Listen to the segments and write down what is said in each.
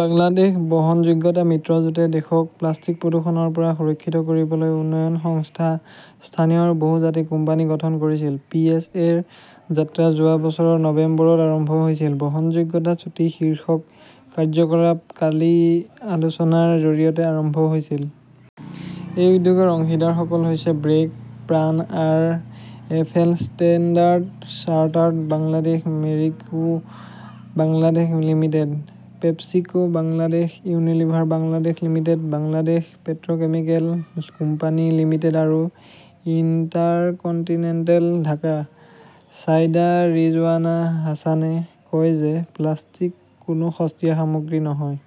বাংলাদেশ বহনযোগ্যতা মিত্ৰজোঁটে দেশক প্লাষ্টিক প্ৰদূষণৰ পৰা সুৰক্ষিত কৰিবলৈ উন্নয়ন সংস্থা, স্থানীয় আৰু বহুজাতিক কোম্পানী গঠন কৰিছিল। পি. এছ. এ. -ৰ যাত্ৰা যোৱা বছৰৰ নৱেম্বৰত আৰম্ভ হৈছিল। বহনযোগ্যতা চুটি শীৰ্ষক কাৰ্যকলাপ কালি আলোচনাৰ জৰিয়তে আৰম্ভ হৈছিল। এই উদ্যোগৰ অংশীদাৰসকল হৈছে brake, PRAN R. F L Standard Chartered Bangladesh Marico Bangladesh Limited, PepsiCo Bangladesh, Unilever Bangladesh limited, Bangladesh পেট্ৰ কেমিকেল কোম্পানী লিমিটেড আৰু ইণ্টাৰকণ্টিনেণ্টেল ঢাকা। চাইদা ৰিজৱানা হাছানে কয় যে প্লাষ্টিক কোনো সস্তীয়া সামগ্ৰী নহয়।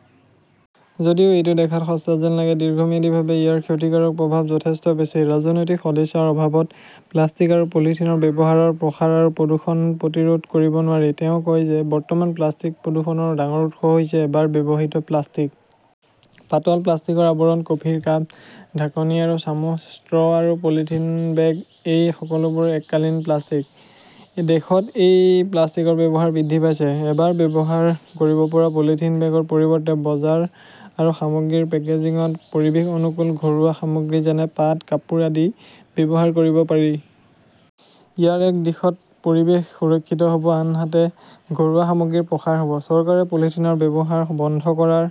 যদিও এইটো দেখাত সস্তা যেন লাগে, দীৰ্ঘম্যাদীভাৱে ইয়াৰ ক্ষতিকাৰক প্ৰভাৱ যথেষ্ট বেছি। ৰাজনৈতিক সদিচ্ছাৰ অভাৱত প্লাষ্টিক আৰু পলিথিনৰ ব্যৱহাৰৰ প্ৰসাৰ আৰু প্ৰদূষণ প্ৰতিৰোধ কৰিব নোৱাৰি। তেওঁ কয় যে বৰ্তমান প্লাষ্টিক প্ৰদূষণৰ ডাঙৰ উৎস হৈছে এবাৰ ব্যৱহৃত প্লাষ্টিক। পাতল প্লাষ্টিকৰ আৱৰণ, কফিৰ কাপ, ঢাকনি আৰু চামুচ, ষ্ট্ৰ আৰু পলিথিন বেগ-এই সকলোবোৰ এককালীন প্লাষ্টিক। দেশত এই প্লাষ্টিকৰ ব্যৱহাৰ বৃদ্ধি পাইছে। এবাৰ ব্যৱহাৰ কৰিব পৰা পলিথিন বেগৰ পৰিৱৰ্তে বজাৰ আৰু সামগ্ৰীৰ পেকেজিঙত পৰিৱেশ-অনুকূল ঘৰুৱা সামগ্ৰী যেনে পাট, কাপোৰ আদি ব্যৱহাৰ কৰিব পাৰি। ইয়াৰ এক দিশত পৰিৱেশ সুৰক্ষিত হ’ব আনহাতে ঘৰুৱা সামগ্ৰীৰ প্ৰসাৰ হ’ব। চৰকাৰে পলিথিনৰ ব্যৱহাৰ বন্ধ কৰাৰ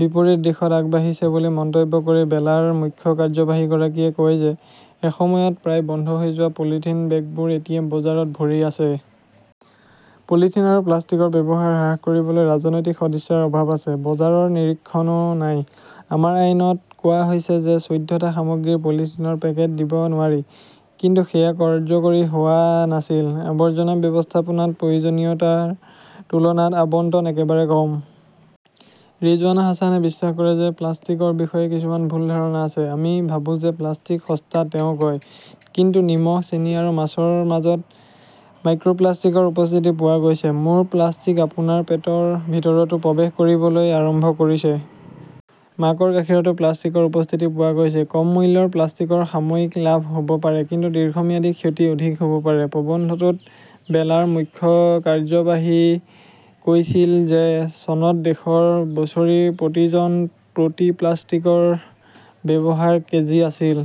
বিপৰীত দিশত আগবাঢ়িছে বুলি মন্তব্য কৰি বেলাৰ মুখ্য কাৰ্যবাহীগৰাকীয়ে কয় যে এসময়ত প্ৰায় বন্ধ হৈ যোৱা পলিথিন বেগবোৰ এতিয়া বজাৰত ভৰি আছে। পলিথিন আৰু প্লাষ্টিকৰ ব্যৱহাৰ হ্ৰাস কৰিবলৈ ৰাজনৈতিক সদিচ্ছাৰ অভাৱ আছে। বজাৰৰ নিৰীক্ষণও নাই। আমাৰ আইনত কোৱা হৈছে যে চৈধ্যটা সামগ্ৰীত পলিথিনৰ পেকেট দিব নোৱাৰি। কিন্তু সেয়া কাৰ্যকৰী হোৱা নাছিল। আৱৰ্জনা ব্যৱস্থাপনাত প্ৰয়োজনীয়তাৰ তুলনাত আবণ্টন একেবাৰে কম। ৰিজৱানা হাছানে বিশ্বাস কৰে যে প্লাষ্টিকৰ বিষয়ে কিছুমান ভুল ধাৰণা আছে। আমি ভাবো যে প্লাষ্টিক সস্তা তেওঁ কয়। কিন্তু নিমখ, চেনি আৰু মাছৰ মাজত মাইক্ৰ প্লাষ্টিকৰ উপস্থিতি পোৱা গৈছে। মোৰ-প্লাষ্টিক আপোনাৰ পেটৰ ভিতৰতো প্ৰৱেশ কৰিবলৈ আৰম্ভ কৰিছে। মাকৰ গাখীৰতো প্লাষ্টিকৰ উপস্থিতি পোৱা গৈছে। কম মূল্যৰ প্লাষ্টিকৰ সাময়িক লাভ হ’ব পাৰে, কিন্তু দীৰ্ঘম্যাদী ক্ষতি অধিক হ’ব পাৰে। প্ৰবন্ধটোত বেলাৰ মুখ্য কাৰ্যবাহীই কৈছিল যে চনত দেশত বছৰি প্ৰতি জন প্ৰতি প্লাষ্টিকৰ ব্যৱহাৰ কেজি আছিল।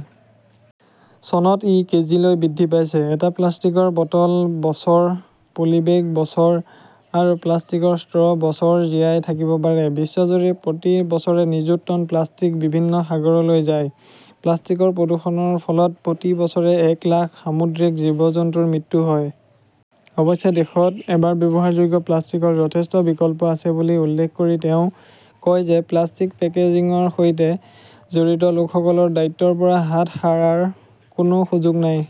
চনত ই কেজিলৈ বৃদ্ধি পাইছে। এটা প্লাষ্টিকৰ বটল বছৰ, পলিবেগ বছৰ আৰু প্লাষ্টিকৰ ষ্ট্ৰ বছৰ জীয়াই থাকিব পাৰে। বিশ্বজুৰি প্ৰতি বছৰে নিযুত টন প্লাষ্টিক বিভিন্ন সাগৰলৈ যায়। প্লাষ্টিকৰ প্ৰদূষণৰ ফলত প্ৰতি বছৰে এক লাখ সামুদ্ৰিক জীৱ-জন্তুৰ মৃত্যু হয়। অৱশ্যে, দেশত এবাৰ ব্যৱহাৰযোগ্য প্লাষ্টিকৰ যথেষ্ট বিকল্প আছে বুলি উল্লেখ কৰি তেওঁ কয় যে প্লাষ্টিক পেকেজিংৰ সৈতে জড়িত লোকসকলৰ দায়িত্বৰ পৰা হাত সাৰাৰ কোনো সুযোগ নাই।